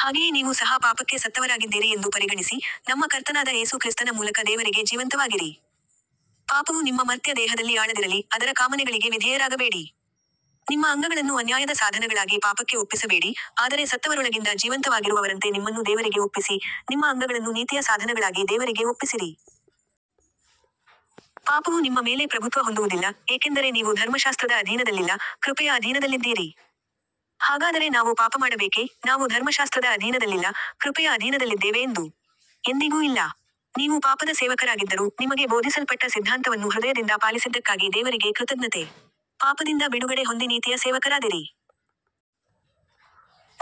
ಹಾಗೆಯೇ ನೀವು ಸಹ ಪಾಪಕ್ಕೆ ಸತ್ತವರಾಗಿದ್ದೀರಿ ಎಂದು ಪರಿಗಣಿಸಿ, ನಮ್ಮ ಕರ್ತನಾದ ಯೇಸು ಕ್ರಿಸ್ತನ ಮೂಲಕ ದೇವರಿಗೆ ಜೀವಂತವಾಗಿರಿ. ಪಾಪವು ನಿಮ್ಮ ಮರ್ತ್ಯ ದೇಹದಲ್ಲಿ ಆಳದಿರಲಿ, ಅದರ ಕಾಮನೆಗಳಿಗೆ ವಿಧೇಯರಾಗಬೇಡಿ. ನಿಮ್ಮ ಅಂಗಗಳನ್ನು ಅನ್ಯಾಯದ ಸಾಧನಗಳಾಗಿ ಪಾಪಕ್ಕೆ ಒಪ್ಪಿಸಬೇಡಿ, ಆದರೆ ಸತ್ತವರೊಳಗಿಂದ ಜೀವಂತವಾಗಿರುವವರಂತೆ ನಿಮ್ಮನ್ನು ದೇವರಿಗೆ ಒಪ್ಪಿಸಿ, ನಿಮ್ಮ ಅಂಗಗಳನ್ನು ನೀತಿಯ ಸಾಧನಗಳಾಗಿ ದೇವರಿಗೆ ಒಪ್ಪಿಸಿರಿ. ಪಾಪವು ನಿಮ್ಮ ಮೇಲೆ ಪ್ರಭುತ್ವ ಹೊಂದುವುದಿಲ್ಲ, ಏಕೆಂದರೆ ನೀವು ಧರ್ಮಶಾಸ್ತ್ರದ ಅಧೀನದಲ್ಲಿಲ್ಲ, ಕೃಪೆಯ ಅಧೀನದಲ್ಲಿದ್ದೀರಿ. ಹಾಗಾದರೆ ನಾವು ಪಾಪಮಾಡಬೇಕೇ, ನಾವು ಧರ್ಮಶಾಸ್ತ್ರದ ಅಧೀನದಲ್ಲಿಲ್ಲ, ಕೃಪೆಯ ಅಧೀನದಲ್ಲಿದ್ದೇವೆ ಎಂದು. ಎಂದಿಗೂ ಇಲ್ಲ. ನೀವು ಪಾಪದ ಸೇವಕರಾಗಿದ್ದರೂ, ನಿಮಗೆ ಬೋಧಿಸಲ್ಪಟ್ಟ ಸಿದ್ಧಾಂತವನ್ನು ಹೃದಯದಿಂದ ಪಾಲಿಸಿದ್ದಕ್ಕಾಗಿ ದೇವರಿಗೆ ಕೃತಜ್ಞತೆ. ಪಾಪದಿಂದ ಬಿಡುಗಡೆ ಹೊಂದಿ ನೀತಿಯ ಸೇವಕರಾದಿರಿ.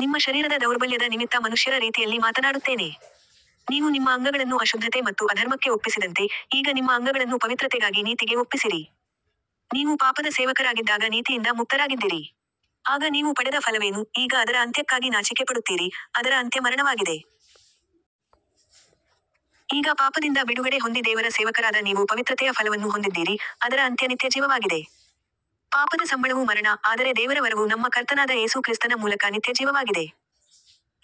ನಿಮ್ಮ ಶರೀರದ ದೌರ್ಬಲ್ಯದ ನಿಮಿತ್ತ ಮನುಷ್ಯರ ರೀತಿಯಲ್ಲಿ ಮಾತನಾಡುತ್ತೇನೆ. ನೀವು ನಿಮ್ಮ ಅಂಗಗಳನ್ನು ಅಶುದ್ಧತೆ ಮತ್ತು ಅಧರ್ಮಕ್ಕೆ ಒಪ್ಪಿಸಿದಂತೆ, ಈಗ ನಿಮ್ಮ ಅಂಗಗಳನ್ನು ಪವಿತ್ರತೆಗಾಗಿ ನೀತಿಗೆ ಒಪ್ಪಿಸಿರಿ. ನೀವು ಪಾಪದ ಸೇವಕರಾಗಿದ್ದಾಗ ನೀತಿಯಿಂದ ಮುಕ್ತರಾಗಿದ್ದಿರಿ. ಆಗ ನೀವು ಪಡೆದ ಫಲವೇನು, ಈಗ ಅದರ ಅಂತ್ಯಕ್ಕಾಗಿ ನಾಚಿಕೆಪಡುತ್ತೀರಿ, ಅದರ ಅಂತ್ಯ ಮರಣವಾಗಿದೆ. ಈಗ ಪಾಪದಿಂದ ಬಿಡುಗಡೆ ಹೊಂದಿ ದೇವರ ಸೇವಕರಾದ ನೀವು ಪವಿತ್ರತೆಯ ಫಲವನ್ನು ಹೊಂದಿದ್ದೀರಿ, ಅದರ ಅಂತ್ಯ ನಿತ್ಯಜೀವವಾಗಿದೆ. ಪಾಪದ ಸಂಬಳವು ಮರಣ, ಆದರೆ ದೇವರ ವರವು ನಮ್ಮ ಕರ್ತನಾದ ಯೇಸು ಕ್ರಿಸ್ತನ ಮೂಲಕ ನಿತ್ಯಜೀವವಾಗಿದೆ.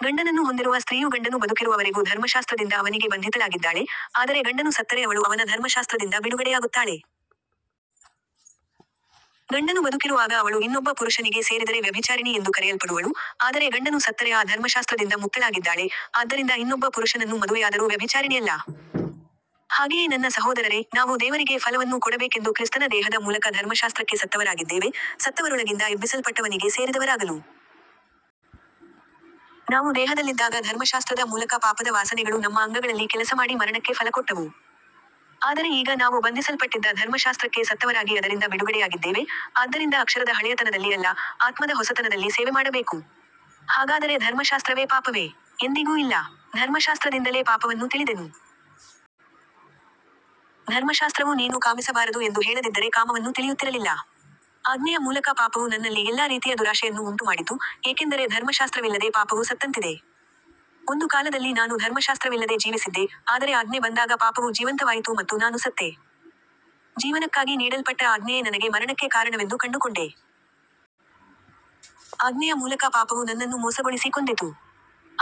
ಗಂಡನನ್ನು ಹೊಂದಿರುವ ಸ್ತ್ರೀಯು ಗಂಡನು ಬದುಕಿರುವವರೆಗೂ ಧರ್ಮಶಾಸ್ತ್ರದಿಂದ ಅವನಿಗೆ ಬಂಧಿತಳಾಗಿದ್ದಾಳೆ, ಆದರೆ ಗಂಡನು ಸತ್ತರೆ ಅವಳು ಅವನ ಧರ್ಮಶಾಸ್ತ್ರದಿಂದ ಬಿಡುಗಡೆಯಾಗುತ್ತಾಳೆ. ಗಂಡನು ಬದುಕಿರುವಾಗ ಅವಳು ಇನ್ನೊಬ್ಬ ಪುರುಷನಿಗೆ ಸೇರಿದರೆ ವ್ಯಭಿಚಾರಿಣಿ ಎಂದು ಕರೆಯಲ್ಪಡುವಳು, ಆದರೆ ಗಂಡನು ಸತ್ತರೆ ಆ ಧರ್ಮಶಾಸ್ತ್ರದಿಂದ ಮುಕ್ತಳಾಗಿದ್ದಾಳೆ, ಆದ್ದರಿಂದ ಇನ್ನೊಬ್ಬ ಪುರುಷನನ್ನು ಮದುವೆಯಾದರೂ ವ್ಯಭಿಚಾರಿಣಿಯಲ್ಲ. ಹಾಗೆಯೇ ನನ್ನ ಸಹೋದರರೇ, ನಾವು ದೇವರಿಗೆ ಫಲವನ್ನು ಕೊಡಬೇಕೆಂದು ಕ್ರಿಸ್ತನ ದೇಹದ ಮೂಲಕ ಧರ್ಮಶಾಸ್ತ್ರಕ್ಕೆ ಸತ್ತವರಾಗಿದ್ದೇವೆ, ಸತ್ತವರೊಳಗಿಂದ ಎಬ್ಬಿಸಲ್ಪಟ್ಟವನಿಗೆ ಸೇರಿದವರಾಗಲು. ನಾವು ದೇಹದಲ್ಲಿದ್ದಾಗ ಧರ್ಮಶಾಸ್ತ್ರದ ಮೂಲಕ ಪಾಪದ ವಾಸನೆಗಳು ನಮ್ಮ ಅಂಗಗಳಲ್ಲಿ ಕೆಲಸಮಾಡಿ ಮರಣಕ್ಕೆ ಫಲಕೊಟ್ಟವು. ಆದರೆ ಈಗ ನಾವು ಬಂಧಿಸಲ್ಪಟ್ಟಿದ್ದ ಧರ್ಮಶಾಸ್ತ್ರಕ್ಕೆ ಸತ್ತವರಾಗಿ ಅದರಿಂದ ಬಿಡುಗಡೆಯಾಗಿದ್ದೇವೆ, ಆದ್ದರಿಂದ ಅಕ್ಷರದ ಹಳೆಯತನದಲ್ಲಿ ಅಲ್ಲ, ಆತ್ಮದ ಹೊಸತನದಲ್ಲಿ ಸೇವೆಮಾಡಬೇಕು. ಹಾಗಾದರೆ ಧರ್ಮಶಾಸ್ತ್ರವೇ ಪಾಪವೇ. ಎಂದಿಗೂ ಇಲ್ಲ. ಧರ್ಮಶಾಸ್ತ್ರದಿಂದಲೇ ಪಾಪವನ್ನು ತಿಳಿದೆನು. ಧರ್ಮಶಾಸ್ತ್ರವು ನೀನು ಕಾಮಿಸಬಾರದು ಎಂದು ಹೇಳದಿದ್ದರೆ ಕಾಮವನ್ನು ತಿಳಿಯುತ್ತಿರಲಿಲ್ಲ. ಆಜ್ಞೆಯ ಮೂಲಕ ಪಾಪವು ನನ್ನಲ್ಲಿ ಎಲ್ಲಾ ರೀತಿಯ ದುರಾಶೆಯನ್ನು ಉಂಟುಮಾಡಿತು, ಏಕೆಂದರೆ ಧರ್ಮಶಾಸ್ತ್ರವಿಲ್ಲದೆ ಪಾಪವು ಸತ್ತಂತಿದೆ. ಒಂದು ಕಾಲದಲ್ಲಿ ನಾನು ಧರ್ಮಶಾಸ್ತ್ರವಿಲ್ಲದೆ ಜೀವಿಸಿದ್ದೆ, ಆದರೆ ಆಜ್ಞೆ ಬಂದಾಗ ಪಾಪವು ಜೀವಂತವಾಯಿತು ಮತ್ತು ನಾನು ಸತ್ತೆ. ಜೀವನಕ್ಕಾಗಿ ನೀಡಲ್ಪಟ್ಟ ಆಜ್ಞೆಯೇ ನನಗೆ ಮರಣಕ್ಕೆ ಕಾರಣವೆಂದು ಕಂಡುಕೊಂಡೆ. ಆಜ್ಞೆಯ ಮೂಲಕ ಪಾಪವು ನನ್ನನ್ನು ಮೋಸಗೊಳಿಸಿ ಕೊಂದಿತು.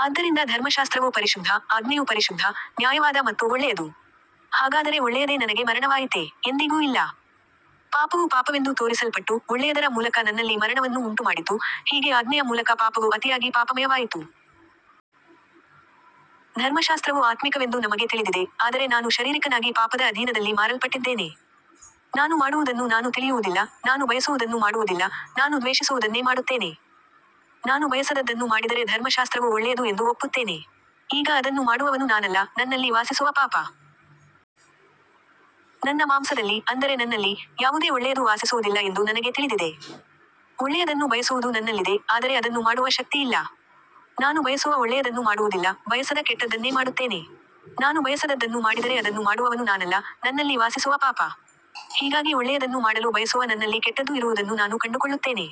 ಆದ್ದರಿಂದ ಧರ್ಮಶಾಸ್ತ್ರವು ಪರಿಶುದ್ಧ, ಆಜ್ಞೆಯು ಪರಿಶುದ್ಧ, ನ್ಯಾಯವಾದ ಮತ್ತು ಒಳ್ಳೆಯದು. ಹಾಗಾದರೆ ಒಳ್ಳೆಯದೇ ನನಗೆ ಮರಣವಾಯಿತೇ. ಎಂದಿಗೂ ಇಲ್ಲ. ಪಾಪವು ಪಾಪವೆಂದು ತೋರಿಸಲ್ಪಟ್ಟು, ಒಳ್ಳೆಯದರ ಮೂಲಕ ನನ್ನಲ್ಲಿ ಮರಣವನ್ನು ಉಂಟುಮಾಡಿತು, ಹೀಗೆ ಆಜ್ಞೆಯ ಮೂಲಕ ಪಾಪವು ಅತಿಯಾಗಿ ಪಾಪಮಯವಾಯಿತು. ಧರ್ಮಶಾಸ್ತ್ರವು ಆತ್ಮಿಕವೆಂದು ನಮಗೆ ತಿಳಿದಿದೆ, ಆದರೆ ನಾನು ಶರೀರಿಕನಾಗಿ ಪಾಪದ ಅಧೀನದಲ್ಲಿ ಮಾರಲ್ಪಟ್ಟಿದ್ದೇನೆ. ನಾನು ಮಾಡುವುದನ್ನು ನಾನು ತಿಳಿಯುವುದಿಲ್ಲ, ನಾನು ಬಯಸುವುದನ್ನು ಮಾಡುವುದಿಲ್ಲ, ನಾನು ದ್ವೇಷಿಸುವುದನ್ನೇ ಮಾಡುತ್ತೇನೆ. ನಾನು ಬಯಸದದ್ದನ್ನು ಮಾಡಿದರೆ ಧರ್ಮಶಾಸ್ತ್ರವು ಒಳ್ಳೆಯದು ಎಂದು ಒಪ್ಪುತ್ತೇನೆ. ಈಗ ಅದನ್ನು ಮಾಡುವವನು ನಾನಲ್ಲ, ನನ್ನಲ್ಲಿ ವಾಸಿಸುವ ಪಾಪ. ನನ್ನ ಮಾಂಸದಲ್ಲಿ, ಅಂದರೆ ನನ್ನಲ್ಲಿ, ಯಾವುದೇ ಒಳ್ಳೆಯದು ವಾಸಿಸುವುದಿಲ್ಲ ಎಂದು ನನಗೆ ತಿಳಿದಿದೆ. ಒಳ್ಳೆಯದನ್ನು ಬಯಸುವುದು ನನ್ನಲ್ಲಿದೆ, ಆದರೆ ಅದನ್ನು ಮಾಡುವ ಶಕ್ತಿ ಇಲ್ಲ. ನಾನು ಬಯಸುವ ಒಳ್ಳೆಯದನ್ನು ಮಾಡುವುದಿಲ್ಲ, ಬಯಸದ ಕೆಟ್ಟದ್ದನ್ನೇ ಮಾಡುತ್ತೇನೆ. ನಾನು ಬಯಸದದ್ದನ್ನು ಮಾಡಿದರೆ ಅದನ್ನು ಮಾಡುವವನು ನಾನಲ್ಲ, ನನ್ನಲ್ಲಿ ವಾಸಿಸುವ ಪಾಪ. ಹೀಗಾಗಿ ಒಳ್ಳೆಯದನ್ನು ಮಾಡಲು ಬಯಸುವ ನನ್ನಲ್ಲಿ ಕೆಟ್ಟದ್ದು ಇರುವುದನ್ನು ನಾನು ಕಂಡುಕೊಳ್ಳುತ್ತೇನೆ.